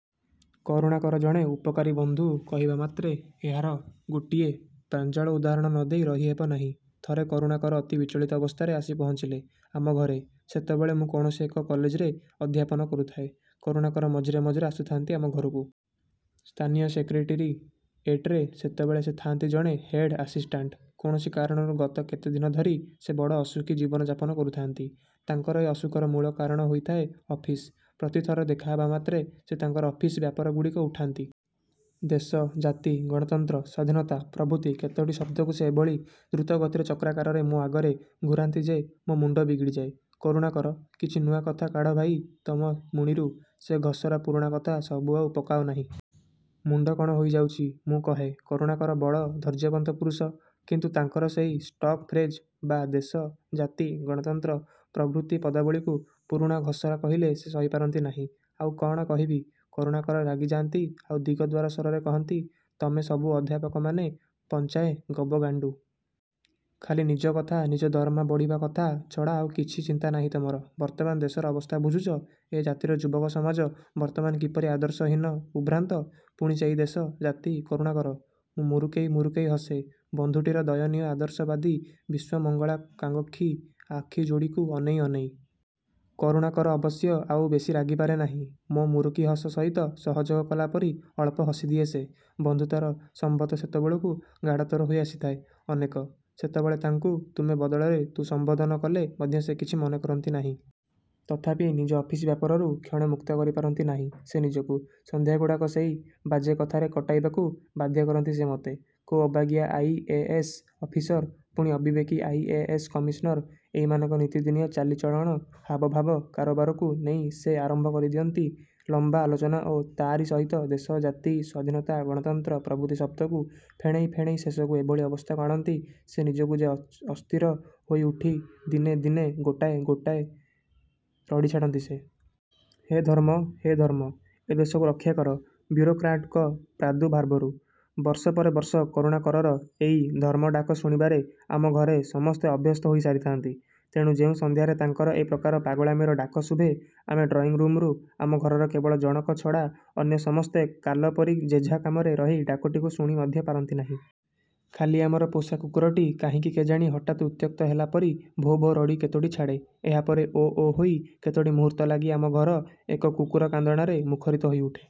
କରୁଣାକର ଜଣେ ଉପକାରୀ ବନ୍ଧୁ କହିବା ମାତ୍ରେ ଏହାର ଗୋଟିଏ ପ୍ରାଞ୍ଜଳ ଉଦାହରଣ ନ ଦେଇ ରହିହେବ ନାହିଁ। ଥରେ କରୁଣାକର ଅତି ବିଚଳିତ ଅବସ୍ଥାରେ ଆସି ପହଞ୍ଚିଲେ ଆମ ଘରେ। ସେତେବେଳେ ମୁଁ କୌଣସି ଏକ କଲେଜରେ ଅଧ୍ୟାପନା କରୁଥାଏ। କରୁଣାକର ମଝିରେ ମଝିରେ ଆସୁଥାନ୍ତି ଆମ ଘରକୁ। ସ୍ଥାନୀୟ ସେକ୍ରେଟେରିଏଟରେ ସେତେବେଳେ ସେ ଥାନ୍ତି ଜଣେ ହେଡ ଆସିଷ୍ଟାଣ୍ଟ। କୌଣସି କାରଣରୁ ଗତ କେତେଦିନ ଧରି ସେ ବଡ଼ ଅସୁଖୀ ଜୀବନଯାପନ କରୁଥାନ୍ତି। ତାଙ୍କର ଏ ଅସୁଖର ମୂଳ କାରଣ ହୋଇଥାଏ ଅଫିସ। ପ୍ରତିଥର ଦେଖାହେବା ମାତ୍ରେ ସେ ତାଙ୍କର ଅଫିସ ବ୍ୟାପାରଗୁଡ଼ିକ ଉଠାନ୍ତି। ଦେଶ, ଜାତି, ଗଣତନ୍ତ୍ର, ସ୍ୱାଧୀନତା ପ୍ରଭୃତି କେତୋଟି ଶବ୍ଦକୁ ସେ ଏଭଳି ଦ୍ରୁତଗତିରେ ଚକ୍ରାକାରରେ ମୋ ଆଗରେ ଘୂରାନ୍ତି ଯେ ମୋ ମୁଣ୍ଡ ବିଗିଡ଼ିଯାଏ। କରୁଣାକର, କିଛି ନୂଆ କଥା କାଢ଼ ଭାଇ ତମ ମୁଣିରୁ! ସେ ଘଷରା ପୁରୁଣା କଥା ସବୁ ଆଉ ପକାଅ ନାହିଁ। ମୁଣ୍ଡ କ'ଣ ହୋଇଯାଉଛି, ମୁଁ କହେ। କରୁଣାକର ବଡ଼ ଧୈର୍ଯ୍ୟବନ୍ତ ପୁରୁଷ। କିନ୍ତୁ ତାଙ୍କର ସେଇ ଷ୍ଟକ ଫ୍ରେଜ ବା ଦେଶ, ଜାତି, ଗଣତନ୍ତ୍ର ପ୍ରଭୃତି ପଦାବଳୀକୁ ପୁରୁଣା ଘଷରା କହିଲେ ସେ ସହିପାରନ୍ତି ନାହିଁ। ଆଉ କ'ଣ କହିବି? କରୁଣାକର ରାଗିଯାନ୍ତି ଆଉ ଦିଗଦାର ସ୍ୱରରେ କହନ୍ତି, ତମେ ସବୁ ଅଧ୍ୟାପକମାନେ ପଞ୍ଝାଏ ଗବଗାଣ୍ଡୁ। ଖାଲି ନିଜ କଥା, ନିଜ ଦରମା ବଢ଼ିବା କଥା ଛଡ଼ା ଆଉ କିଛି ଚିନ୍ତା ନାହିଁ ତମର। ବର୍ତ୍ତମାନ ଦେଶର ଅବସ୍ଥା ବୁଝୁଛ? ଏ ଜାତିର ଯୁବକ ସମାଜ ବର୍ତ୍ତମାନ କିପରି ଆଦର୍ଶହୀନ, ଉଦ୍ଭ୍ରାନ୍ତ। ପୁଣି ସେଇ ଦେଶ, ଜାତି, କରୁଣାକର! ମୁଁ ମୁରୁକେଇ ମୁରୁକେଇ ହସେ, ବନ୍ଧୁଟିର ଦୟନୀୟ ଆଦର୍ଶବାଦୀ ବିଶ୍ୱମଙ୍ଗଳାକାଙ୍ଗକ୍ଷୀ ଆଖିଯୋଡ଼ିକୁ ଅନେଇ ଅନେଇ। କରୁଣାକର ଅବଶ୍ୟ ଆଉ ବେଶି ରାଗିପାରେ ନାହିଁ। ମୋ ମୁରୁକି ହସ ସହିତ ସହଯୋଗ କଲା ପରି ଅଳ୍ପ ହସିଦିଏ ସେ। ବନ୍ଧୁତାର ସମ୍ବନ୍ଧ ସେତେବେଳକୁ ଗାଢ଼ତର ହୋଇ ଆସିଥାଏ ଅନେକ। ସେତେବେଳେ ତାଙ୍କୁ ତୁମେ ବଦଳରେ ତୁ ସମ୍ବୋଧନ କଲେ ମଧ୍ୟ ସେ କିଛି ମନେ କରନ୍ତି ନାହିଁ। ତଥାପି ନିଜ ଅଫିସ ବ୍ୟାପାରରୁ କ୍ଷଣେ ମୁକ୍ତ କରିପାରନ୍ତି ନାହିଁ ସେ ନିଜକୁ। ସନ୍ଧ୍ୟାଗୁଡ଼ାକ ସେଇ ବାଜେ କଥାରେ କଟାଇବାକୁ ବାଧ୍ୟ କରନ୍ତି ସେ ମତେ। କୋଉ ଅବାଗିଆ ଆଇ ଏ ଏସ ଅଫିସର, ପୁଣି ଅବିବେକୀ ଆଇ ଏ ଏସ କମିଶନର, ଏଇମାନଙ୍କ ନିତିଦିନିଆ ଚାଲିଚଳଣ, ହାବଭାବ, କାରବାରକୁ ନେଇ ସେ ଆରମ୍ଭ କରିଦିଅନ୍ତି ଲମ୍ବା ଆଲୋଚନା ଓ ତାରି ସହିତ ଦେଶ, ଜାତି, ସ୍ୱାଧୀନତା, ଗଣତନ୍ତ୍ର ପ୍ରଭୃତି ଶବ୍ଦକୁ ଫେଣେଇ ଫେଣେଇ ଶେଷକୁ ଏଭଳି ଅବସ୍ଥାକୁ ଆଣନ୍ତି ସେ ନିଜକୁ ଯେ ଅସ୍ଥିର ହୋଇଉଠି ଦିନେ ଦିନେ ଗୋଟାଏ ଗୋଟାଏ ରଡ଼ି ଛାଡ଼ନ୍ତି ସେ। ହେ ଧର୍ମ! ହେ ଧର୍ମ! ଏ ଦେଶକୁ ରକ୍ଷା କର ବ୍ୟୁରୋକ୍ରାଟଙ୍କ ପ୍ରାଦୁର୍ଭାବରୁ! ବର୍ଷ ପରେ ବର୍ଷ କରୁଣାକରର ଏଇ ଧର୍ମଡାକ ଶୁଣିବାରେ ଆମ ଘରେ ସମସ୍ତେ ଅଭ୍ୟସ୍ତ ହୋଇସାରିଥାନ୍ତି। ତେଣୁ ଯେଉଁ ସନ୍ଧ୍ୟାରେ ତାଙ୍କର ଏ ପ୍ରକାର ପାଗଳାମିର ଡାକ ଶୁଭେ ଆମ ଡ୍ରଇଂରୁମରୁ, ଆମ ଘରର କେବଳ ଜଣକ ଛଡ଼ା ଅନ୍ୟ ସମସ୍ତେ କାଲ ପରି ଯେଝା କାମରେ ରହି ଡାକଟିକୁ ଶୁଣି ମଧ୍ୟ ପାରନ୍ତି ନାହିଁ। ଖାଲି ଆମର ପୋଷା କୁକୁରଟି କାହିଁକି କେଜାଣି ହଠାତ୍ ଉତ୍ତ୍ୟକ୍ତ ହେଲା ପରି ଭୋ ଭୋ ରଡ଼ି କେତୋଟି ଛାଡ଼େ। ଏହାପରେ ଓ ଓ ହୋଇ କେତୋଟି ମୁହୂର୍ତ୍ତ ଲାଗି ଆମ ଘର ଏକ କୁକୁର କାନ୍ଦଣାରେ ମୁଖରିତ ହୋଇଉଠେ।